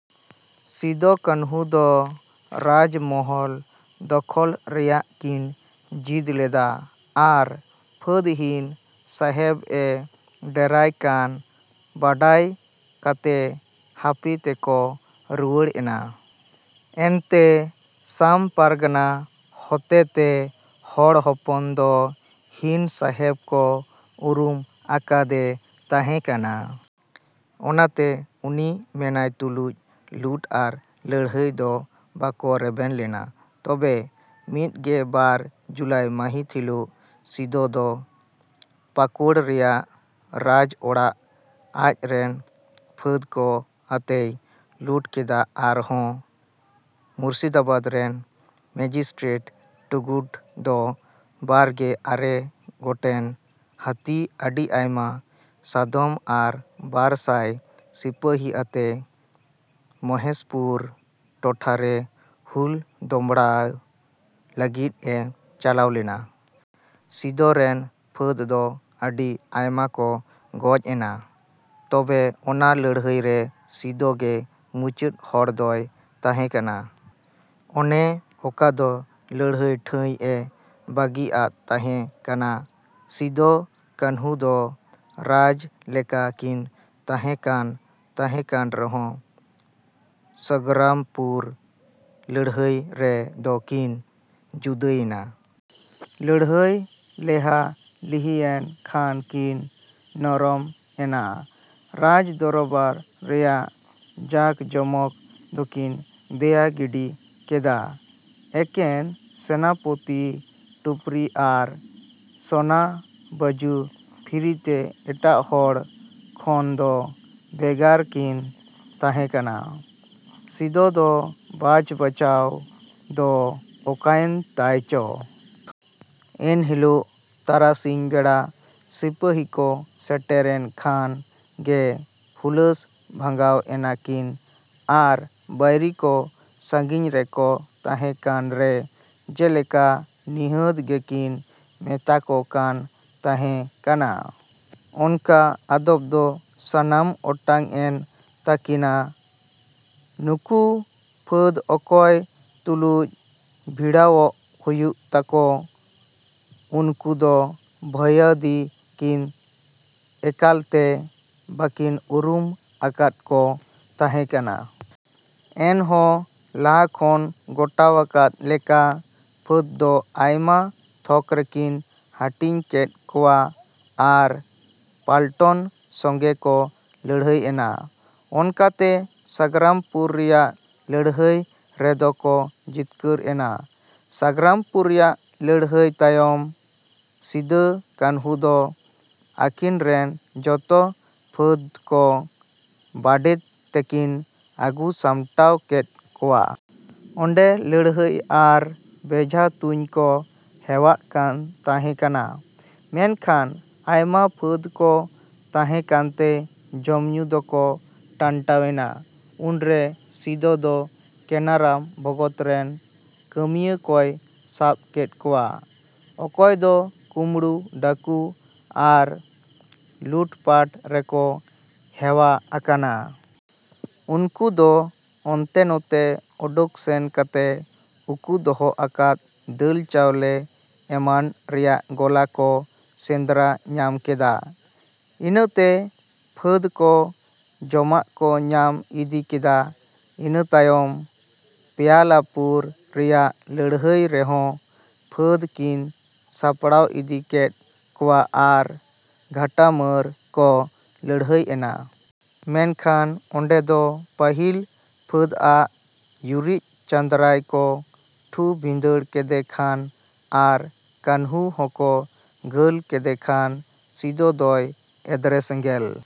ᱥᱤᱫᱚ ᱠᱟᱹᱱᱦᱩ ᱫᱚ ᱨᱟᱡᱽ ᱢᱚᱦᱚᱞ ᱫᱚᱠᱷᱚᱞ ᱨᱮᱭᱟᱜ ᱠᱤᱱ ᱡᱤᱫᱽ ᱞᱮᱫ-ᱟ ᱟᱨ ᱯᱷᱟᱹᱫᱽ ᱦᱤᱱ ᱥᱟᱦᱮᱵᱽ ᱮ ᱰᱮᱨᱟᱭᱮ ᱠᱟᱱ ᱵᱟᱰᱟᱭ ᱠᱟᱛᱮ ᱦᱟᱯᱮ ᱛᱮᱠᱚ ᱨᱩᱣᱟᱹᱲ ᱮᱱᱟ᱾ ᱮᱱᱛᱮ ᱥᱟᱢ ᱯᱟᱨᱜᱟᱱᱟ ᱦᱚᱛᱮᱛᱮ ᱦᱚᱲ ᱦᱚᱯᱚᱱ ᱫᱚ ᱦᱤᱱ ᱥᱟᱦᱮᱵᱽ ᱠᱚ ᱩᱨᱩᱢ ᱟᱠᱟᱫᱮ ᱛᱟᱦᱮᱸ ᱠᱟᱱᱟ᱾ ᱚᱱᱟᱛᱮ ᱩᱱᱤ ᱢᱮᱱᱟᱭ ᱛᱩᱞᱩᱡ ᱞᱩᱴ ᱟᱨ ᱞᱟᱹᱲᱦᱟᱹᱭ ᱫᱚ ᱵᱟᱠᱚ ᱨᱮᱵᱮᱱ ᱞᱮᱱᱟ᱾ ᱛᱚᱵᱮ ᱢᱤᱫ ᱜᱮ ᱵᱟᱨ ᱡᱩᱞᱟᱭ ᱢᱟᱹᱦᱤᱛ ᱦᱤᱞᱚᱜ ᱥᱤᱫᱚ ᱫᱚ ᱯᱟᱠᱳᱲ ᱨᱮᱭᱟᱜ ᱨᱟᱡᱽ ᱚᱲᱟᱜ ᱟᱡ ᱨᱮᱱ ᱯᱷᱟᱹᱫᱽ ᱠᱚ ᱟᱱᱛᱮᱭ ᱞᱩᱴ ᱠᱮᱫ-ᱟ ᱟᱨ ᱦᱚᱸ ᱢᱩᱨᱥᱤᱫᱟᱵᱟᱫᱽ ᱨᱮᱱ ᱢᱮᱡᱤᱥᱴᱨᱮᱴ ᱴᱩᱜᱩᱰ ᱫᱚ ᱵᱟᱨ ᱜᱮ ᱟᱨᱮ ᱜᱚᱴᱮᱡ ᱦᱟᱹᱛᱤ ᱟᱹᱰᱤ ᱟᱭᱢᱟ ᱥᱟᱫᱚᱢ ᱟᱨ ᱵᱟᱨ ᱥᱟᱭ ᱥᱤᱯᱟᱹᱦᱤ ᱟᱛᱮ ᱢᱚᱦᱮᱥᱯᱩᱨ ᱴᱚᱴᱷᱟᱨᱮ ᱦᱩᱞ ᱫᱚᱢᱲᱟᱣ ᱞᱟᱹᱜᱤᱫ ᱮ ᱪᱟᱞᱟᱣ ᱞᱮᱱᱟ᱾ ᱥᱤᱫᱚ ᱨᱮᱱ ᱯᱷᱟᱹᱫᱽ ᱫᱚ ᱟᱹᱰᱤ ᱟᱭᱢᱟ ᱠᱚ ᱜᱚᱡ ᱮᱱᱟ᱾ ᱛᱚᱵᱮ ᱚᱱᱟ ᱞᱟᱹᱲᱦᱟᱹᱭ ᱨᱮ ᱥᱤᱫᱚ ᱜᱮ ᱢᱩᱪᱟᱹᱫ ᱦᱚᱲ ᱫᱚᱭ ᱛᱟᱦᱮᱸ ᱠᱟᱱᱟ᱾ ᱚᱱᱮ ᱚᱠᱟ ᱫᱚ ᱞᱟᱹᱲᱦᱟᱹᱭ ᱴᱷᱟᱹᱭ ᱮ ᱵᱟᱹᱜᱤ ᱟᱫ ᱛᱟᱦᱮᱸ ᱠᱟᱱᱟ ᱥᱤᱫᱚ ᱠᱟᱹᱱᱦᱩ ᱫᱚ ᱨᱟᱡᱽ ᱞᱮᱠᱟ ᱠᱤᱱ ᱛᱟᱦᱮᱸ ᱠᱟᱱ ᱛᱟᱦᱮᱸ ᱠᱟᱱ ᱨᱮᱦᱚᱸ ᱥᱟᱜᱽᱨᱟᱢᱯᱩᱨ ᱞᱟᱹᱲᱦᱟᱹᱭ ᱨᱮ ᱫᱚ ᱠᱤᱱ ᱡᱩᱫᱟᱹᱭᱮᱱᱟ᱾ ᱞᱟᱹᱲᱦᱟᱹᱭ ᱞᱮᱦᱟ ᱞᱤᱦᱤᱭᱮᱱ ᱠᱷᱟᱱ ᱠᱤᱱ ᱱᱚᱨᱚᱢ ᱮᱱᱟ᱾ ᱨᱟᱡᱽ ᱫᱚᱨᱵᱟᱨ ᱨᱮᱭᱟᱜ ᱡᱟᱠ ᱡᱚᱢᱚᱠ ᱫᱚᱠᱤᱱ ᱫᱮᱭᱟ ᱜᱤᱰᱤ ᱠᱮᱫ-ᱟ᱾ ᱮᱠᱷᱮᱱ ᱥᱮᱱᱟᱯᱟᱹᱛᱤ ᱴᱩᱯᱨᱤ ᱟᱨ ᱥᱚᱱᱟ ᱵᱟᱹᱡᱩ ᱯᱷᱤᱨᱤᱛᱮ ᱮᱴᱟᱜ ᱦᱚᱲ ᱠᱷᱚᱱ ᱫᱚ ᱵᱷᱮᱜᱟᱨ ᱠᱤᱱ ᱛᱟᱦᱮᱸ ᱠᱟᱱᱟ᱾ ᱥᱤᱫᱚ ᱫᱚ ᱵᱷᱟᱪ ᱵᱷᱟᱪᱟᱣ ᱫᱚ ᱚᱠᱟᱭᱮᱱ ᱛᱟᱭ ᱪᱚ᱾ ᱮᱱ ᱦᱤᱞᱚᱜ ᱛᱟᱨᱟᱥᱤᱧ ᱵᱮᱲᱟ ᱥᱤᱯᱟᱹᱦᱤ ᱠᱚ ᱥᱮᱴᱮᱨᱮᱱ ᱠᱷᱟᱱ ᱜᱮ ᱦᱩᱞᱟᱹᱥ ᱵᱷᱟᱸᱜᱟᱣ ᱮᱱᱟ ᱠᱤᱱ ᱟᱨ ᱵᱟᱹᱭᱨᱤ ᱠᱚ ᱥᱟᱺᱜᱤᱧ ᱨᱮᱠᱚ ᱛᱟᱦᱮᱸ ᱠᱟᱱ ᱨᱮ ᱡᱮᱞᱮᱠᱟ ᱱᱤᱦᱟᱹᱛ ᱜᱮᱠᱤᱱ ᱢᱮᱛᱟ ᱠᱚ ᱠᱟᱱ ᱛᱟᱦᱮᱸ ᱠᱟᱱᱟ᱾ ᱚᱱᱠᱟ ᱟᱫᱚᱯ ᱫᱚ ᱥᱟᱱᱟᱢ ᱚᱴᱟᱝ ᱮᱱ ᱛᱟᱹᱠᱤᱱᱟ ᱱᱩᱠᱩ ᱯᱷᱟᱹᱫᱽ ᱚᱠᱚᱭ ᱛᱩᱞᱩᱡ ᱵᱷᱤᱲᱟᱣᱚᱜ ᱦᱩᱭᱩᱜ ᱛᱟᱠᱚ ᱩᱱᱠᱩ ᱫᱚ ᱵᱷᱟᱹᱭᱟᱫᱤ ᱠᱤᱱ ᱮᱠᱟᱞᱛᱮ ᱵᱟᱹᱠᱤᱱ ᱩᱨᱩᱢ ᱟᱠᱟᱫ ᱠᱚ ᱛᱟᱦᱮᱸ ᱠᱟᱱᱟ᱾ ᱮᱱᱦᱚᱸ ᱞᱟᱦᱟ ᱠᱷᱚᱱ ᱜᱚᱴᱟᱣᱟᱠᱟᱫ ᱞᱮᱠᱟ ᱯᱷᱟᱹᱫᱽ ᱫᱚ ᱟᱭᱢᱟ ᱛᱷᱚᱠ ᱨᱮᱠᱤᱱ ᱦᱟᱹᱴᱤᱧ ᱠᱮᱫ ᱠᱚᱣᱟ ᱟᱨ ᱯᱟᱞᱴᱚᱱ ᱥᱚᱸᱜᱮ ᱠᱚ ᱞᱟᱹᱲᱦᱟᱹᱭ ᱮᱱᱟ᱾ ᱚᱱᱠᱟᱛᱮ ᱥᱟᱜᱽᱨᱟᱢᱯᱩᱨ ᱨᱮᱭᱟᱜ ᱞᱟᱹᱲᱦᱟᱹᱭ ᱨᱮ ᱫᱚᱠᱚ ᱡᱤᱛᱠᱟᱹᱨ ᱮᱱᱟ᱾ ᱥᱟᱜᱽᱨᱟᱢᱯᱩᱨ ᱨᱮᱭᱟᱜ ᱞᱟᱹᱲᱦᱟᱹᱭ ᱛᱟᱭᱚᱢ ᱥᱤᱫᱚ ᱠᱟᱹᱱᱦᱩ ᱫᱚ ᱟᱹᱠᱤᱱ ᱨᱮᱱ ᱡᱚᱛᱚ ᱯᱷᱟᱹᱫᱽ ᱠᱚ ᱵᱟᱰᱷᱮᱫ ᱛᱮᱠᱤᱱ ᱟᱹᱜᱩ ᱥᱟᱢᱴᱟᱣ ᱠᱮᱫ ᱠᱚᱣᱟ᱾ ᱚᱸᱰᱮ ᱞᱟᱹᱲᱦᱟᱹᱭ ᱟᱨ ᱵᱮᱡᱷᱟ ᱛᱩᱧ ᱠᱚ ᱦᱮᱣᱟᱜ ᱠᱟᱱ ᱛᱟᱦᱮᱸ ᱠᱟᱱᱟ᱾ ᱢᱮᱱᱠᱷᱟᱱ ᱟᱭᱢᱟ ᱯᱷᱟᱹᱫᱽ ᱠᱚ ᱛᱟᱦᱮᱸ ᱠᱟᱱᱛᱮ ᱡᱚᱢ ᱧᱩ ᱫᱚᱠᱚ ᱴᱟᱱᱴᱟᱭᱮᱱᱟ᱾ ᱩᱱᱨᱮ ᱥᱤᱫᱚ ᱫᱚ ᱠᱮᱱᱟᱨᱟᱢ ᱵᱷᱚᱜᱚᱛ ᱨᱮᱱ ᱠᱟᱹᱢᱤᱭᱟᱹ ᱠᱚᱭ ᱥᱟᱵ ᱠᱮᱫ ᱠᱚᱣᱟ᱾ ᱚᱠᱚᱭ ᱫᱚ ᱠᱩᱸᱢᱵᱽᱲᱩ ᱰᱟᱹᱠᱩ ᱟᱨ ᱞᱩᱴᱯᱟᱴ ᱨᱮᱠᱚ ᱦᱮᱣᱟ ᱟᱠᱟᱱᱟ᱾ ᱩᱱᱠᱩ ᱫᱚ ᱚᱱᱛᱮ ᱱᱚᱛᱮ ᱚᱰᱚᱠ ᱥᱮᱱ ᱠᱟᱛᱮ ᱩᱠᱩ ᱫᱚᱦᱚ ᱟᱠᱟᱫ ᱫᱟᱹᱞ ᱪᱟᱣᱞᱮ ᱮᱢᱟᱱ ᱨᱮᱭᱟᱜ ᱜᱚᱞᱟ ᱠᱚ ᱥᱮᱸᱫᱽᱨᱟ ᱧᱟᱢ ᱠᱮᱫ-ᱟ᱾ᱤᱱᱟᱹᱛᱮ ᱯᱷᱟᱹᱫᱽ ᱠᱚ ᱡᱚᱢᱟᱜ ᱠᱚ ᱧᱟᱢ ᱤᱫᱤ ᱠᱮᱫ-ᱟ᱾ ᱤᱱᱟᱹ ᱛᱟᱭᱚᱢ ᱯᱮᱭᱟᱞᱟᱯᱩᱨ ᱨᱮᱭᱟᱜ ᱞᱟᱹᱲᱦᱟᱹᱭ ᱨᱮᱦᱚᱸ ᱯᱷᱟᱹᱫᱽ ᱠᱤᱱ ᱥᱟᱯᱲᱟᱣ ᱤᱫᱤ ᱠᱮᱫ ᱠᱚᱣᱟ ᱟᱨ ᱜᱷᱟᱴᱟᱢᱟᱹᱨ ᱠᱚ ᱞᱟᱹᱲᱦᱟᱹᱭ ᱮᱱᱟ᱾ ᱢᱮᱱᱠᱷᱟᱱ ᱚᱸᱰᱮ ᱫᱚ ᱯᱟᱹᱦᱤᱞ ᱯᱷᱟᱹᱫᱽ ᱟᱜ ᱭᱩᱨᱤᱡ ᱪᱟᱸᱫᱽᱨᱟᱭ ᱠᱚ ᱴᱷᱩ ᱵᱷᱤᱸᱫᱟᱹᱲ ᱠᱮᱫᱮ ᱠᱷᱟᱱ ᱟᱨ ᱠᱟᱹᱱᱦᱩ ᱦᱚᱸᱠᱚ ᱜᱷᱟᱹᱞ ᱠᱮᱫᱮ ᱠᱷᱟᱱ ᱥᱤᱫᱚ ᱫᱚᱭ ᱮᱫᱽᱨᱮ ᱥᱮᱸᱜᱮᱞ᱾